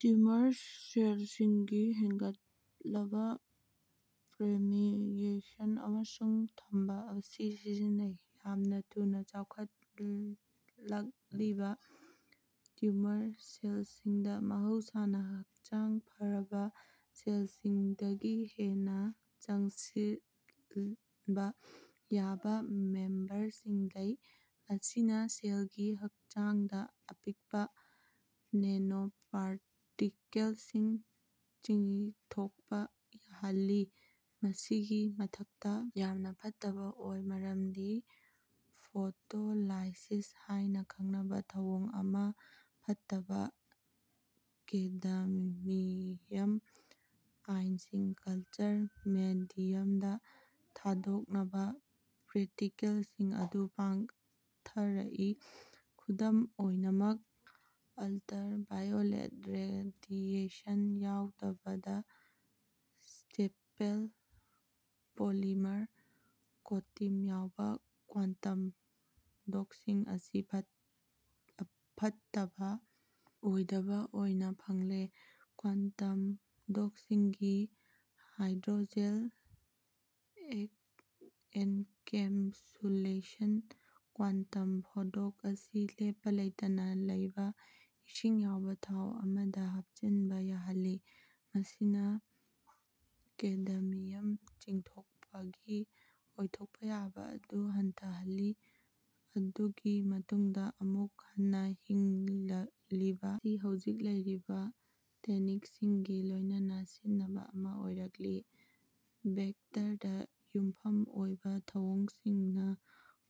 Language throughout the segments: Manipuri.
ꯇ꯭ꯌꯨꯃꯔ ꯁꯦꯜꯁꯤꯡꯒꯤ ꯍꯦꯟꯒꯠꯂꯕ ꯄꯔꯃꯤꯌꯦꯁꯟ ꯑꯃꯁꯨꯡ ꯊꯝꯕ ꯑꯁꯤ ꯁꯤꯖꯤꯟꯅꯩ ꯫ ꯌꯥꯝꯅ ꯊꯨꯅ ꯆꯥꯎꯈꯠꯂꯛꯂꯤꯕ ꯇ꯭ꯌꯨꯃꯔ ꯁꯦꯜꯁꯤꯡꯗ ꯃꯍꯧꯁꯥꯅ ꯍꯛꯆꯥꯡ ꯐꯔꯕ ꯁꯦꯜꯁꯤꯡꯗꯒꯤ ꯍꯦꯟꯅ ꯆꯪꯁꯤꯟꯕ ꯌꯥꯕ ꯃꯦꯝꯕ꯭ꯔꯦꯟꯁꯤꯡ ꯂꯩ꯫ ꯃꯁꯤꯅ ꯁꯦꯜꯒꯤ ꯍꯛꯆꯥꯡꯗ ꯑꯄꯤꯛꯄ ꯅꯦꯅꯣꯄꯥꯔꯇꯤꯀꯜꯁꯤꯡ ꯆꯤꯊꯣꯛꯄ ꯌꯥꯍꯜꯂꯤ ꯫ ꯃꯁꯤꯒꯤ ꯃꯊꯛꯇ ꯌꯥꯝꯅ ꯐꯠꯇꯕ ꯑꯣꯏ, ꯃꯔꯝꯗꯤ ꯐꯣꯇꯣꯂꯥꯏꯁꯤꯁ ꯍꯥꯏꯅ ꯈꯪꯅꯕ ꯊꯧꯑꯣꯡ ꯑꯃꯗ, ꯐꯠꯇꯕ ꯀꯦꯗꯃꯤꯌꯝ ꯑꯥꯏꯟꯁꯤꯡ ꯀꯜꯆꯔ ꯃꯦꯗꯤꯌꯝꯗ ꯊꯥꯗꯣꯛꯅꯕ ꯄꯥꯔꯇꯤꯀꯜꯁꯤꯡ ꯑꯗꯨ ꯄꯠꯊꯔꯛꯏ ꯫ ꯑꯗꯨꯝ ꯑꯣꯏꯅꯃꯛ ꯑꯜꯇ꯭ꯔꯥ ꯚꯥꯏꯌꯣꯂꯦꯠ ꯔꯦꯗꯤꯌꯦꯁꯟ ꯌꯥꯎꯗꯕꯗ ꯁ꯭ꯇꯦꯄꯜ ꯄꯣꯂꯤꯃꯔ ꯀꯣꯇꯤꯡ ꯌꯥꯎꯕ ꯀ꯭ꯋꯥꯟꯇꯝ ꯗꯣꯠꯁꯤꯡ ꯑꯁꯤ ꯑꯐꯠꯇꯕ ꯑꯣꯏꯗꯕ ꯑꯣꯏꯅ ꯐꯪꯂꯦ ꯫ ꯀ꯭ꯋꯥꯟꯇꯝ ꯗꯣꯠꯁꯤꯡꯒꯤ ꯍꯥꯏꯗ꯭ꯔꯣꯖꯦꯜ ꯑꯦꯟꯀꯦꯞꯁꯨꯂꯦꯁꯟ ꯀ꯭ꯋꯥꯟꯇꯝ ꯗꯣꯠꯁꯤꯡ ꯑꯁꯤ ꯂꯦꯞꯄ ꯂꯩꯇꯅ ꯂꯩꯕ ꯏꯁꯤꯡ ꯌꯥꯎꯕ ꯊꯥꯎ ꯑꯃꯗ ꯍꯥꯞꯆꯤꯟꯕ ꯌꯥꯍꯜꯂꯤ꯫ ꯃꯁꯤꯅ ꯀꯦꯗꯃꯤꯌꯝ ꯆꯤꯊꯣꯛꯄꯒꯤ ꯑꯣꯏꯊꯣꯛꯄ ꯌꯥꯕ ꯑꯗꯨ ꯍꯟꯊꯍꯜꯂꯤ ꯫ ꯃꯗꯨꯒꯤ ꯃꯇꯨꯡꯗ ꯑꯃꯨꯛ ꯍꯟꯅ ꯍꯤꯡꯂꯤꯕ ꯑꯁꯤ ꯍꯧꯖꯤꯛ ꯂꯩꯔꯤꯕ ꯇꯦꯛꯅꯤꯛꯁꯤꯡꯒ ꯂꯣꯏꯅꯅ ꯁꯤꯡꯅꯕ ꯑꯃ ꯑꯣꯏꯔꯛꯂꯤ ꯫ ꯚꯦꯛꯇꯔꯗ ꯌꯨꯝꯐꯝ ꯑꯣꯏꯕ ꯊꯧꯑꯣꯡꯁꯤꯡꯅ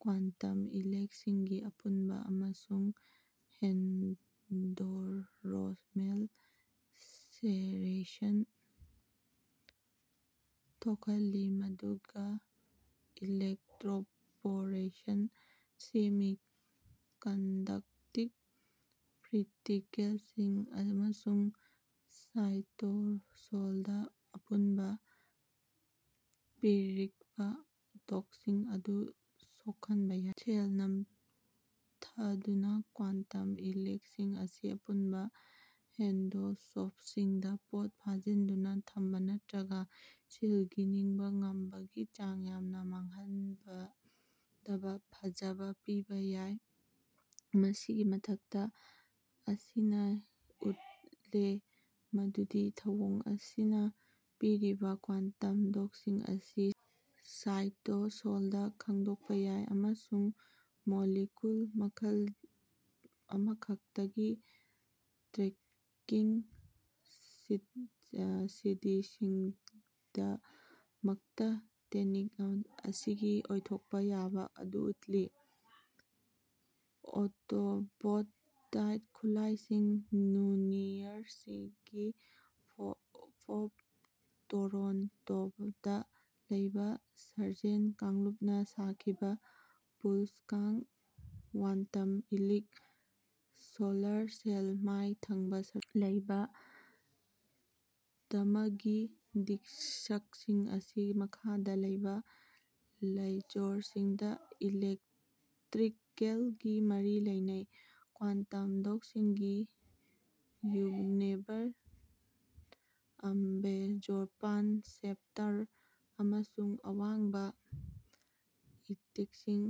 ꯀ꯭ꯋꯥꯟꯇꯝ ꯏꯂꯤꯛꯁꯤꯡꯒꯤ ꯑꯄꯨꯟꯕ ꯑꯃꯁꯨꯡ ꯑꯦꯟꯗꯣꯁꯣꯃꯦꯜ ꯁꯦꯔꯦꯁꯟ ꯊꯣꯛꯍꯜꯂꯤ ꯑꯗꯨꯒ ꯏꯂꯦꯛꯇ꯭ꯔꯣꯄꯣꯔꯦꯁꯟꯅ ꯁꯦꯃꯤ-ꯀꯟꯗꯛꯇꯤꯡ ꯄꯥꯔꯇꯤꯀꯜꯁꯤꯡ ꯑꯃꯁꯨꯡ ꯁꯥꯏꯇꯣꯁꯣꯜꯗ ꯑꯄꯨꯟꯕ ꯄꯤꯔꯛꯄ ꯗꯣꯠꯁꯤꯡ ꯑꯗꯨ ꯁꯣꯛꯍꯟꯕ ꯌꯥꯏ ꯫ ꯁꯦꯜ ꯅꯝꯊꯗꯨꯅ ꯀ꯭ꯋꯥꯟꯇꯝ ꯏꯂꯤꯛꯁꯤꯡ ꯑꯁꯤ ꯑꯄꯨꯟꯕ ꯑꯦꯟꯗꯣꯁꯣꯝꯁꯤꯡꯗ ꯄꯣꯠ ꯐꯥꯖꯤꯟꯗꯨꯅ ꯊꯝꯕ ꯅꯠꯇ꯭ꯔꯒ ꯁꯦꯜꯒꯤ ꯍꯤꯡꯕ ꯉꯝꯕꯒꯤ ꯆꯥꯡ ꯌꯥꯝꯅ ꯃꯥꯡꯍꯟꯗꯅ ꯐꯖꯅ ꯄꯤꯕ ꯌꯥꯏ ꯫ ꯃꯁꯤꯒꯤ ꯃꯊꯛꯇ ꯃꯁꯤꯅ ꯎꯠꯂꯦ ꯃꯗꯨꯗꯤ ꯊꯧꯑꯣꯡ ꯑꯁꯤꯅ ꯄꯤꯔꯤꯕ ꯀ꯭ꯋꯥꯟꯇꯝ ꯗꯣꯠꯁꯤꯡ ꯑꯁꯤ ꯁꯦꯜ ꯁꯥꯏꯇꯣꯁꯣꯜꯗ ꯈꯪꯗꯣꯛꯄ ꯌꯥꯏ꯫ ꯑꯁꯨꯝꯅ ꯃꯣꯂꯤꯀ꯭ꯌꯨꯜ ꯑꯃꯈꯛꯇꯒꯤ ꯇ꯭ꯔꯦꯀꯤꯡ ꯁ꯭ꯇꯗꯤꯁꯤꯡꯒꯤꯗꯃꯛꯇ ꯇꯦꯛꯅꯤꯛ ꯑꯁꯤꯒꯤ ꯑꯣꯏꯊꯣꯛꯄ ꯌꯥꯕ ꯑꯗꯨ ꯎꯠꯂꯤ ꯫ ꯐꯣꯇꯣꯚꯣꯜꯇꯥꯏꯛ ꯈꯨꯠꯂꯥꯏꯁꯤꯡ ꯌꯨꯅꯤꯚꯔꯁꯤꯇꯤ ꯑꯣꯐ ꯇꯣꯔꯣꯟꯇꯣꯗ ꯂꯩꯕ ꯁꯔꯖꯦꯟ ꯀꯥꯡꯂꯨꯞꯅ ꯁꯥꯈꯤꯕ ꯁ꯭ꯄꯤꯟ-ꯀꯥꯁ ꯀ꯭ꯋꯥꯟꯇꯝ ꯏꯂꯤꯛ ꯁꯣꯂꯔ ꯁꯦꯜ ꯫ ꯃꯥꯡ ꯊꯪꯕ ꯁꯔꯨꯛꯇ ꯂꯩꯕ ꯙꯥꯃꯒꯤ ꯗꯤꯁꯛꯁꯤꯡ ꯑꯁꯤ ꯃꯈꯥꯗ ꯂꯩꯕ ꯂꯩꯔꯣꯜꯁꯤꯡꯗ ꯏꯂꯦꯛꯇ꯭ꯔꯤꯀꯦꯜꯒꯤ ꯃꯔꯤ ꯂꯩꯅꯩ ꯫ ꯀ꯭ꯋꯥꯟꯇꯝ ꯗꯣꯠꯁꯤꯡꯒꯤ ꯇ꯭ꯌꯨꯅꯦꯕꯜ ꯑꯦꯕꯖꯣꯔꯄꯟ ꯁ꯭ꯄꯦꯛꯇ꯭ꯔꯝ ꯑꯃꯁꯨꯡ ꯑꯋꯥꯡꯕ ꯏꯛ꯭ꯁꯇꯤꯟꯁꯟ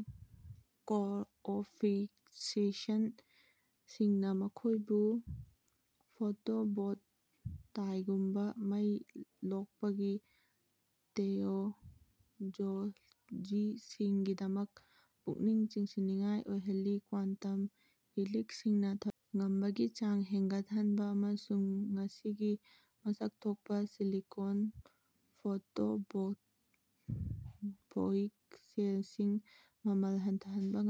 ꯀꯣꯑꯣꯐꯤꯁꯤꯑꯦꯟꯁꯤꯡꯅ ꯃꯈꯣꯏꯕꯨ ꯐꯣꯇꯣꯚꯣꯜꯇꯥꯏꯛꯒꯨꯝꯕ ꯃꯩ ꯂꯣꯛꯄꯒꯤ ꯇꯦꯛꯅꯣꯂꯣꯖꯤꯁꯤꯡꯒꯤꯗꯃꯛꯇ ꯄꯨꯛꯅꯤꯡ ꯆꯤꯡꯁꯤꯟꯅꯤꯡꯉꯥꯏ ꯑꯣꯏꯍꯜꯂꯤ ꯫ ꯀ꯭ꯋꯥꯟꯇꯝ ꯏꯂꯤꯛꯁꯤꯡꯅ ꯊꯕꯛ ꯇꯧꯕ ꯉꯝꯕꯒꯤ ꯆꯥꯡ ꯍꯦꯟꯒꯠꯍꯟꯕ ꯑꯃꯁꯨꯡ ꯉꯁꯤꯒꯤ ꯃꯁꯛ ꯊꯣꯛꯄ ꯁꯤꯂꯤꯀꯣꯟ ꯐꯣꯇꯣꯚꯣꯜꯇꯥꯏꯛ ꯁꯦꯜꯁꯤꯡ ꯃꯃꯜ ꯍꯟꯊꯍꯟꯕ ꯉꯝꯒꯅꯤ ꯫